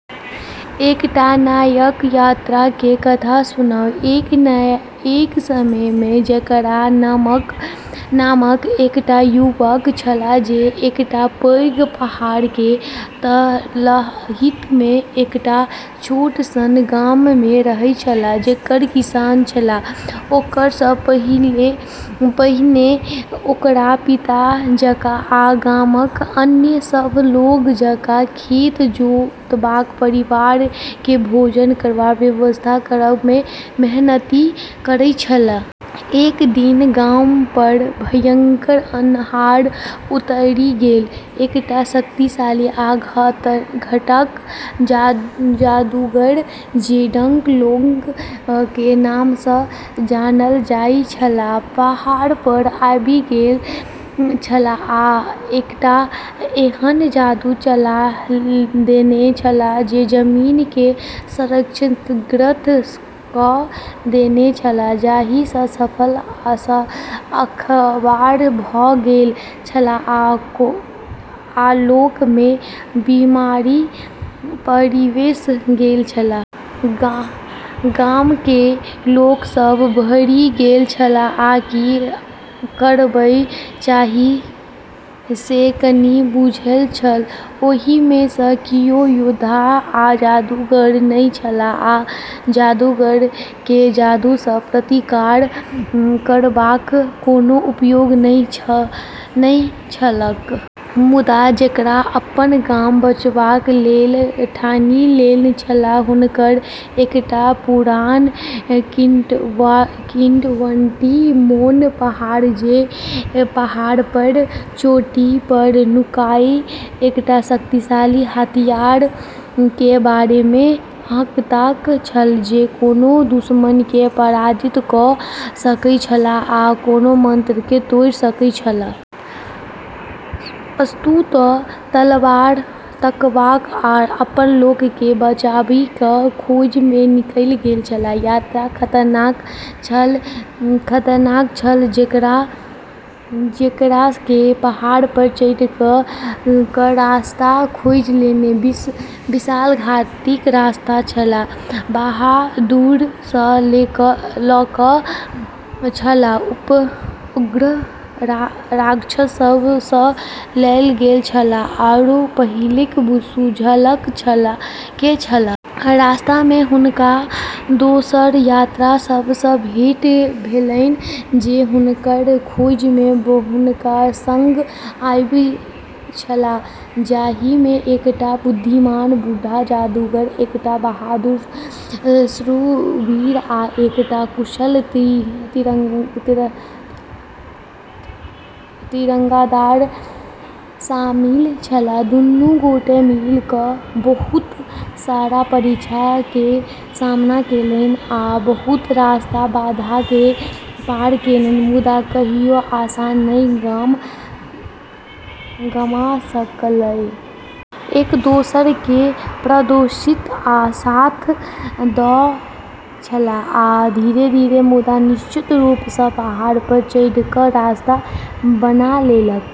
एकटा नायक यात्रा केर कथा सुनाउ। एक समय मे जैक नामक एकटा युवक छल जे एकटा पैघ पहाड़ केर तलहटी मे एकटा छोट सन गाम मे रहैत छल। जैक किसान छल, ओकरा सँ पहिने ओकर पिता जकाँ, आ गाम केर आन सभ लोक जकाँ खेत जोतबा आ परिवार केर भोजन केर व्यवस्था करबा मे मेहनति करैत छल। एक दिन गाम पर भयंकर अन्हार उतरि गेल। एकटा शक्तिशाली आ घातक जादूगर, जे डार्क लॉर्ड केर नाम सँ जानल जाइत छल, पहाड़ पर आबि गेल छल आ एकटा एहन जादू चला देने छल जे जमीन केँ क्षतिग्रस्त कऽ देने छल, जाहि सँ फसल खराब भऽ गेल छल आ लोक मे बीमारी पसरि गेल छल। गाम केर लोक सभ डरि गेल छल आ की करबाक चाही से नहि बुझल छल। ओहि मे सँ कियो योद्धा आ जादूगर नहि छल, आ जादूगर केर जादू सँ प्रतिकार करबाक कोनो उपाय नहि छलैक। मुदा जैक अपन गाम बचाबै लेल ठानि लेने छल। हुनका एकटा पुरान किंवदंती मोन पड़लैन जे पहाड़ केर चोटी पर नुकायल एकटा शक्तिशाली हथियार केर बारे मे कहैत छल, जे कोनो दुश्मन केँ पराजित कऽ सकैत छल आ कोनो मंत्र केँ तोड़ि सकैत छल। अस्तु, ओ तलवार तकबाक आ अपन लोक केँ बचाबै केर खोज मे निकलि गेलाह। यात्रा खतरनाक छल। जैक केँ पहाड़ पर चढ़ै केर रास्ता खोजै लेल विश्वासघाती रास्ता केर बहादुरी सँ लड़ै केर छलैक, उग्र राक्षस सभ सँ लड़ै केर छलैक, आरू पहेली सुलझाबै केर छलैक। रास्ता मे हुनका दोसर यात्री सभ सँ भेंट भेलैन जे हुनकर खोज मे हुनकर सँग आयल छलाह, जाहि मे एकटा बुद्धिमान बूढ़ जादूगर, एकटा बहादुर शूरवीर आ एकटा कुशल तीरंदाज शामिल छलाह। दुनू गोटे मिलि कऽ बहुत रास परीक्षा केर सामना केलनि आ बहुत रास बाधा केँ पार केलनि, मुदा कहियो आशा नहि गमा सकलाह। एक दोसरा केँ प्रोत्साहित आ साथ दैत छल, आ धीरे-धीरे मुदा निश्चित रूप सँ पहाड़ पर चढ़बाक रास्ता बना लेलक।